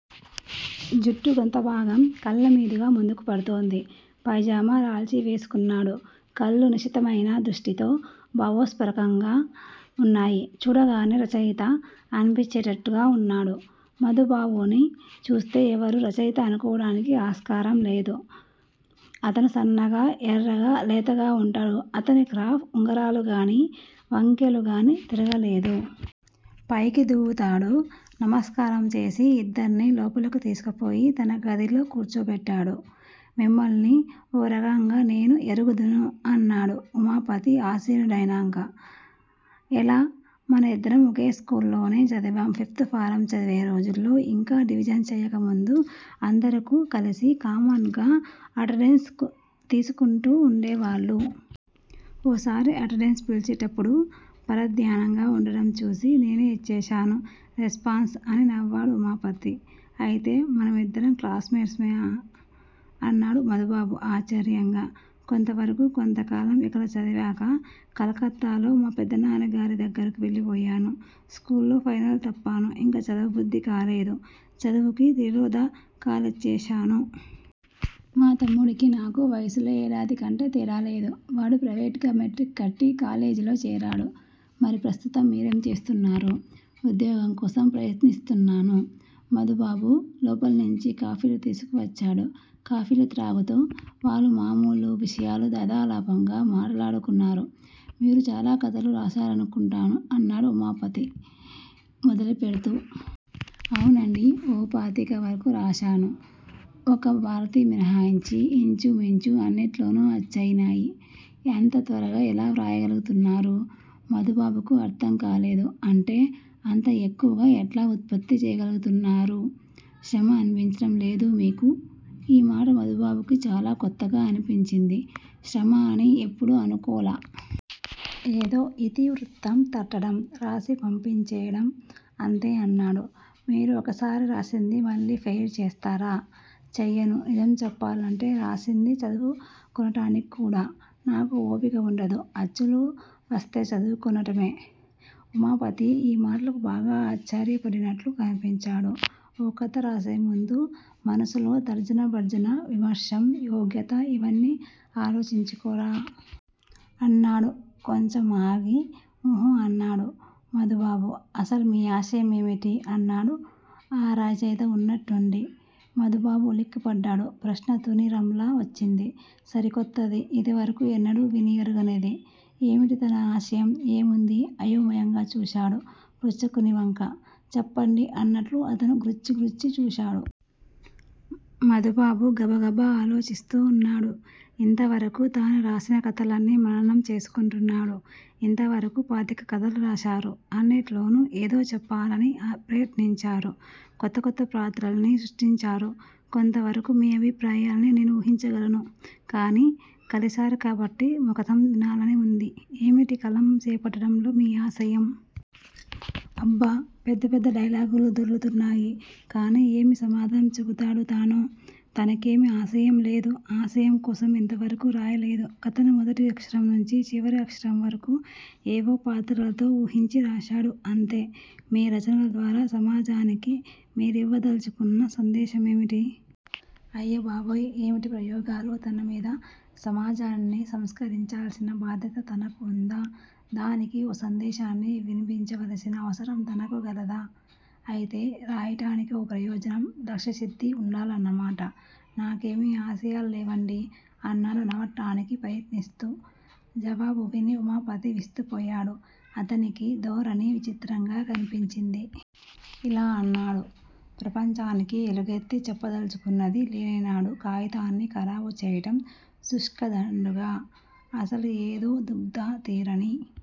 జుట్టు కొంతభాగం కళ్లమీదుగా ముందుకు పడుతోంది. పైజమా, లాల్చీ వేసుకున్నాడు. కళ్ళు నిశితమైన దృష్టితో, భావస్ఫోరకంగా వున్నాయి. చూడగానే రచయిత అనిపించేటట్లుగా వున్నాడు. మధుబాబుని చూస్తే ఎవ్వరూ రచయిత అనుకోవడానికి ఆస్కారం లేదు. అతను సన్నగా, ఎర్రగా, లేతగా వుంటాడు. అతని క్రాఫ్ ఉంగరాలుగాని, వంకెలుగాని తిరగలేదు. పైకి దువ్వుతాడు. నమస్కారంచేసి ఇద్దర్నీ లోపలకు తీసుకుపోయి తనగదిలో కూర్చోబెట్టాడు. మిమ్మల్ని ఓ రకంగా నేను యెరుగుదును అన్నాడు ఉమాపతి ఆసీను డయినాక. ఎలా? మనం ఇద్దరం ఒకే స్కూల్లోనే చదివాం, ఫిప్త్ ఫారం చదివేరోజుల్లో ఇంకా డివిజన్స్ చెయ్యకముందు అందరకూ కలసి కామన్గా అటెండెన్స్ తీసుకుంటూ వుండేవాళ్లు. ఓసారి అటెండెన్స్ పిలిచేటప్పుడు పరధ్యానంగా వుండటంచూసి నేనే ఇచ్చేశాను రెస్పాన్స్ అని నవ్వాడు ఉమాపతి. అయితే మనమిద్దరం క్లాసుమెట్సుమా? అన్నాడు మధుబాబు ఆశ్చర్యంగా. కొంతవరకూ కొంతకాలం ఇక్కడ చదివాక కలకత్తాలో మా పెదనాన్నగారి దగ్గరకు వెళ్లిపోయాను. School final తప్పాను. ఇంక చదవబుద్ధి కాలేదు. చదువుకి తిలోదకాలిచ్చేశాను. మా తమ్ముడికీ నాకూ వయస్సులో ఏడాదికంటే తేడాలేదు. వాడు ప్రైవేట్ గా మెట్రిక్ కట్టి కాలేజీలో చేరాడు. మరి ప్రస్తుతం మీరేం చేస్తున్నారు? ఉద్యోగంకోసం ప్రయత్నిస్తున్నాను. మధుబాబు లోపల్నుంచి కాఫీలు తీసుకువచ్చాడు. కాఫీలు త్రాగుతూ వాళ్ళు మామూలు విషయాలు యధాలాపంగా మాటలాడుకున్నారు. మీరు చాలా కథలు రాశారనుకుంటాను అన్నాడు ఉమాపతి మొదలు పెడ్తూ. ఔనండీ! ఓ పాతికవరకూ రాశాను. ఒక్క భారతి మినహాయించి, ఇంచుమించు అన్నిట్లోనూ అచ్చయినాయి. అంత త్వరగా ఎలా వ్రాయగలుగుతున్నారు? మధుబాబుకి అర్థంకాలేదు. అంటే? అంత యెక్కువగా యెట్లా ఉత్పత్తి చేయగలుగుతున్నారు? శ్రమ అనిపించటం లేదూ మీకు? ఈ మాట మధుబాబుకి చాలాకొత్తగా అనిపించింది. శ్రమ అని యెప్పుడూ అనుకోలా. ఏదో ఇతివృత్తం తట్టడం, రాసి పంపించేయటం అంతే అన్నాడు. మీరు ఒకసారి రాసింది మళ్ళీ ఫెయిర్ చేస్తారా? చెయ్యను. నిజం చెప్పాలంటే రాసింది చదువుకొనటానిక్కూడా నాకు ఓపిక వుండదు. అచ్చులో వస్తే చదువుకొనటమే. ఉమాపతి యీ మాటలకు బాగా ఆశ్చర్యపడినట్లు కనిపించాడు. ఓ కథ రాసేముందు మనసులో తర్జనభర్జన, విమర్శమ్ యోగ్యత ఇవన్నీ ఆలోచించుకోరా? అన్నాడు కొంచెం ఆగి. ఉహుఁ అన్నాడు మధుబాబు. అసలు మీ ఆశయం ఏమిటి? ' అన్నాడు ఆ రచయిత వున్నట్టుండి. మధుబాబు ఉలిక్కిపడ్డాడు. ప్రశ్న తూణీరంలా వచ్చింది. సరికొత్తది. యిదివరకు ఎన్నడూ విని యెరుగనిది. ఏమిటి తన ఆశయం? ఏముంది? అయోమయంగా చూశాడు పృచ్చకునివంక. చెప్పండి అన్నట్లు అతను గ్రుచ్చి గ్రుచ్చి చూశాడు. మధుబాబు గబగబ ఆలోచిస్తున్నాడు. ఇంతవరకు తాను రాసిన కథలన్నీ మననం చేసుకుంటున్నాడు. ఇంతవరకూ పాతిక కథలు రాశారు. అన్నిట్లోనూ ఏదో చెప్పాలని ప్రయత్నించారు. కొత్త కొత్త పాత్రల్ని సృష్టించారు. కొంతవరకు మీ అభిప్రాయాల్ని నేను వూహించగలను. కానీ కలిశారు కాబట్టి ముఖతః వినాలని వుంది. ఏమిటి కలం చేపట్టటంలో మీ ఆశయం? అబ్బ! పెద్ద పెద్ద డైలాగులు దొర్లుతున్నాయి. కాని ఏమి సమాధానం చెబుతాడు తాను! తనకేమీ ఆశయం లేదు. ఆశయం కోసం యింతవరకూ రాయలేదు. కథను మొదటి అక్షరంనుంచీ చివరి అక్షరం వరకూ ఏవో పాత్రలతో వూహించి రాశాడు అంతే. మీ రచనల ద్వారా సమాజానికి మీరివ్వదలచుకున్న సందేశమేమిటి? అయ్యబాబోయ్! ఏమిటీ ప్రయోగాలు తనమీద? సమాజాన్ని సంస్కరించాల్సిన బాధ్యతతనకు ఉందా? దానికి ఓ సందేశాన్ని వినిపించవలసిన అవసరం తనకు కలదా? ఐతే రాయటానికి ఓ ప్రయోజనం, లక్ష్యసిద్ధీ వుండాలన్న మాట. నాకేమీ ఆశయాలు లేవండీ అన్నాడు నవ్వటానికి ప్రయత్నిస్తూ. జవాబు విని ఉమాపతి విస్తుపోయాడు. అతనికీ ధోరణి విచిత్రంగా కన్పించింది. ఇలా అన్నాడు. ప్రపంచానికి ఎలుగెత్తి చెప్పదల్చుకున్నది లేనినాడు కాయితాన్ని ఖరాబు చేయటం శుష్క దండుగ. అసలు ఏదో దుగ్ధ, తీరని